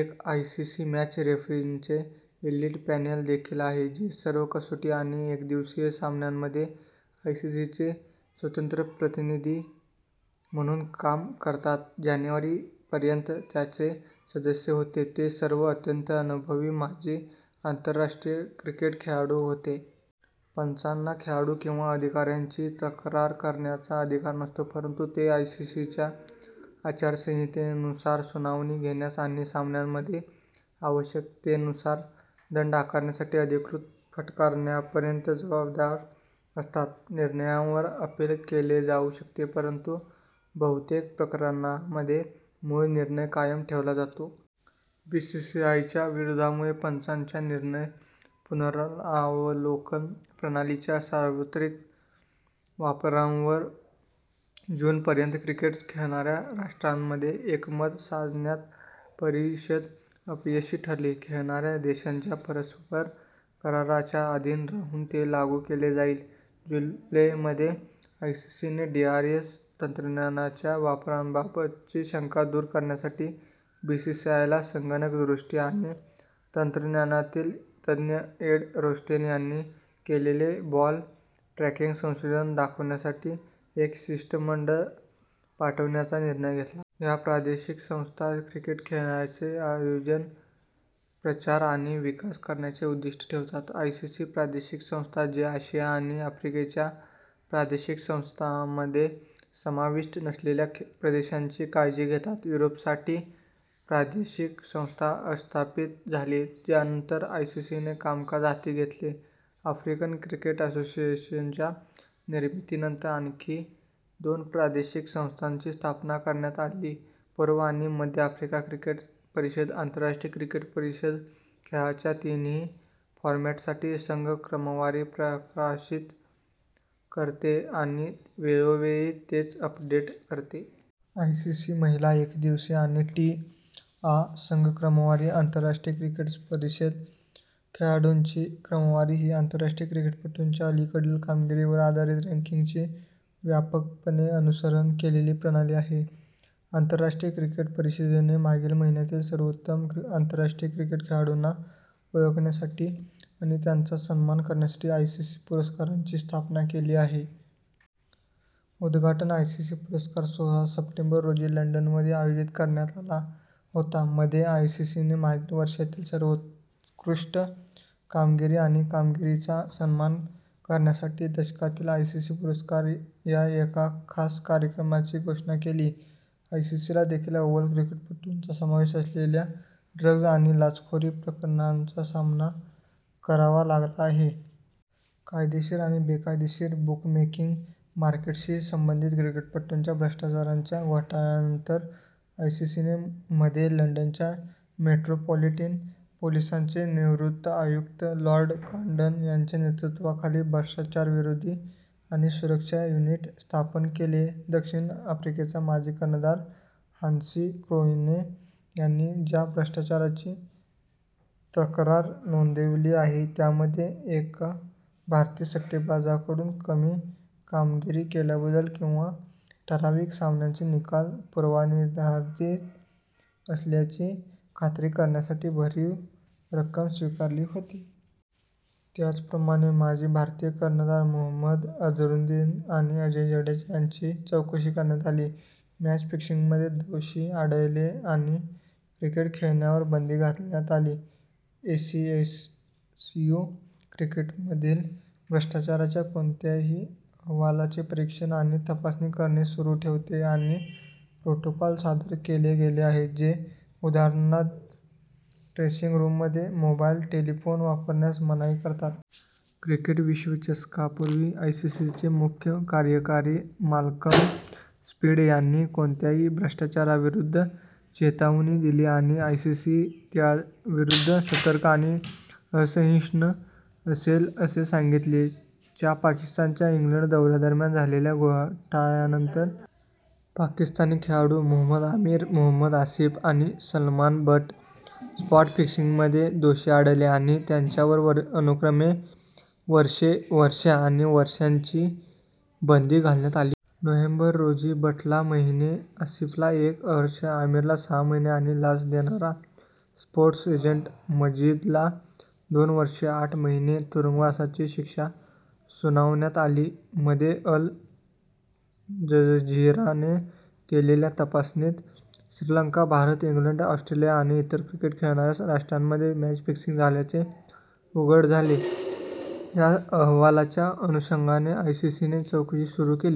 एक ICC match रेफरींचे elite panel देखील आहे जे सर्व कसोटी आणि एकदिवसीय सामन्यांमध्ये आयसीसीचे स्वतंत्र प्रतिनिधी म्हणून काम करतात. जानेवारी पर्यंत, त्याचे सदस्य होते, ते सर्व अत्यंत अनुभवी माजी आंतरराष्ट्रीय क्रिकेट खेळाडू होते. पंचांना खेळाडू किंवा अधिकाऱ्यांची तक्रार करण्याचा अधिकार नसतो, परंतु ते आयसीसीच्या आचारसंहितेनुसार सुनावणी घेण्यास आणि सामन्यांमध्ये आवश्यकतेनुसार दंड आकारण्यासाठी, अधिकृत फटकारण्यापर्यंत जबाबदार असतात. निर्णयांवर अपील केले जाऊ शकते, परंतु बहुतेक प्रकरणांमध्ये मूळ निर्णय कायम ठेवला जातो. बीसीसीआयच्या विरोधामुळे पंचांच्या निर्णय पुनरावलोकन प्रणालीच्या सार्वत्रिक वापरावर जून पर्यंत क्रिकेट खेळणाऱ्या राष्ट्रांमध्ये एकमत साधण्यात परिषद अपयशी ठरली. खेळणाऱ्या देशांच्या परस्पर कराराच्या अधीन राहून ते लागू केले जाईल. जुलै मध्ये, आयसीसीने डीआरएस तंत्रज्ञानाच्या वापराबाबतची शंका दूर करण्यासाठी बीसीसीआयला संगणक दृष्टी आणि तंत्रज्ञानातील तज्ञ एड रोस्टेन यांनी केलेले बॉल ट्रॅकिंग संशोधन दाखवण्यासाठी एक शिष्टमंडळ पाठवण्याचा निर्णय घेतला.। या प्रादेशिक संस्था क्रिकेट खेळाचे आयोजन, प्रचार आणि विकास करण्याचे उद्दिष्ट ठेवतात: आयसीसी प्रादेशिक संस्था जे आशिया आणि आफ्रिकेच्या प्रादेशिक संस्थांमध्ये समाविष्ट नसलेल्या प्रदेशांची काळजी घेतात: युरोपसाठी प्रादेशिक संस्था अस्थापित झाली ज्यानंतर आयसीसीने कामकाज हाती घेतले: आफ्रिकन क्रिकेट असोसिएशनच्या निर्मितीनंतर आणखी दोन प्रादेशिक संस्थांची स्थापना करण्यात आली: पूर्व आणि मध्य आफ्रिका क्रिकेट परिषद आंतरराष्ट्रीय क्रिकेट परिषद खेळाच्या तिन्ही फॉरमॅटसाठी संघ क्रमवारी प्रकाशित करते आणि वेळोवेळी तेच अपडेट करते. आयसीसी महिला एकदिवसीय आणि टी आ संघ क्रमवारी आंतरराष्ट्रीय क्रिकेट परिषद खेळाडूंची क्रमवारी ही आंतरराष्ट्रीय क्रिकेटपटूंच्या अलीकडील कामगिरीवर आधारित रँकिंगची व्यापकपणे अनुसरण केलेली प्रणाली आहे. आंतरराष्ट्रीय क्रिकेट परिषदेने मागील महिन्यांतील सर्वोत्तम आंतरराष्ट्रीय क्रिकेट खेळाडूंना ओळखण्यासाठी आणि त्यांचा सन्मान करण्यासाठी आयसीसी पुरस्कारां ची स्थापना केली आहे. उद्घाटन आयसीसी पुरस्कार सोहळा सप्टेंबर रोजी लंडनमध्ये आयोजित करण्यात आला होता. मध्ये, आयसीसीने मागील वर्षांतील सर्वोत्कृष्ट कामगिरी आणि कामगिरीचा सन्मान करण्यासाठी दशकातील आयसीसी पुरस्कार या एका खास कार्यक्रमाची घोषणा केली. आयसीसीला देखील अव्वल क्रिकेटपटूंचा समावेश असलेल्या ड्रग्ज आणि लाचखोरी प्रकरणांचा सामना करावा लागला आहे. कायदेशीर आणि बेकायदेशीर बुकमेकिंग मार्केटशी संबंधित क्रिकेटपटूंच्या भ्रष्टाचाराच्या घोटाळ्यांनंतर, आयसीसीने मध्ये लंडनच्या मेट्रोपॉलिटन पोलिसांचे निवृत्त आयुक्त, लॉर्ड कांडन यांच्या नेतृत्वाखाली भ्रष्टाचारविरोधी आणि सुरक्षा युनिट स्थापन केले. दक्षिण आफ्रिकेचा माजी कर्णधार हान्सी क्रोन्ये यांनी ज्या भ्रष्टाचाराची तक्रार नोंदवली आहे त्यामध्ये एक भारतीय सट्टेबाजाकडून कमी कामगिरी केल्याबद्दल किंवा ठराविक सामन्यांचे निकाल पूर्वनिर्धारित असल्याची खात्री करण्यासाठी भरीव रक्कम स्वीकारली होती. त्याचप्रमाणे, माजी भारतीय कर्णधार मोहम्मद अझरुद्दीन आणि अजय जडेजा यांची चौकशी करण्यात आली, मॅच फिक्सिंगमध्ये दोषी आढळले आणि क्रिकेट खेळण्यावर बंदी घालण्यात आली. एसीएसयू क्रिकेटमधील भ्रष्टाचाराच्या कोणत्याही अहवालाचे परीक्षण आणि तपासणी करणे सुरू ठेवते आणि प्रोटोकॉल सादर केले गेले आहेत, जे उदाहरणार्थ ड्रेसिंग रूममध्ये मोबाईल टेलिफोन वापरण्यास मनाई करतात. क्रिकेट विश्वचषकापूर्वी, आयसीसीचे मुख्य कार्यकारी माल्कम स्पीड यांनी कोणत्याही भ्रष्टाचाराविरुद्ध चेतावणी दिली आणि आयसीसी त्याविरुद्ध सतर्क आणि असहिष्णु असेल असे सांगितले. च्या पाकिस्तानच्या इंग्लंड दौऱ्यादरम्यान झालेल्या घोटाळ्यानंतर, पाकिस्तानी खेळाडू, मोहम्मद अमीर, मोहम्मद आसिफ आणि सलमान बट स्पॉट-फिक्सिंगमध्ये दोषी आढळले आणि त्यांच्यावर अनुक्रमे वर्षे, वर्षे आणि वर्षांची बंदी घालण्यात आली. नोव्हेंबर रोजी, बटला महिने, आसिफला एक वर्ष, अमीरला सहा महिने आणि लाच देणारा स्पोर्ट्स एजंट मजीदला दोन वर्षे आठ महिने तुरुंगवासाची शिक्षा सुनावण्यात आली. मध्ये, अल जझीराने केलेल्या तपासणीत श्रीलंका, भारत, इंग्लंड, ऑस्ट्रेलिया आणि इतर क्रिकेट खेळणाऱ्या राष्ट्रांमध्ये मॅच फिक्सिंग झाल्याचे उघड झाले. या अहवालाच्या अनुषंगाने आयसीसीने चौकशी सुरू केली.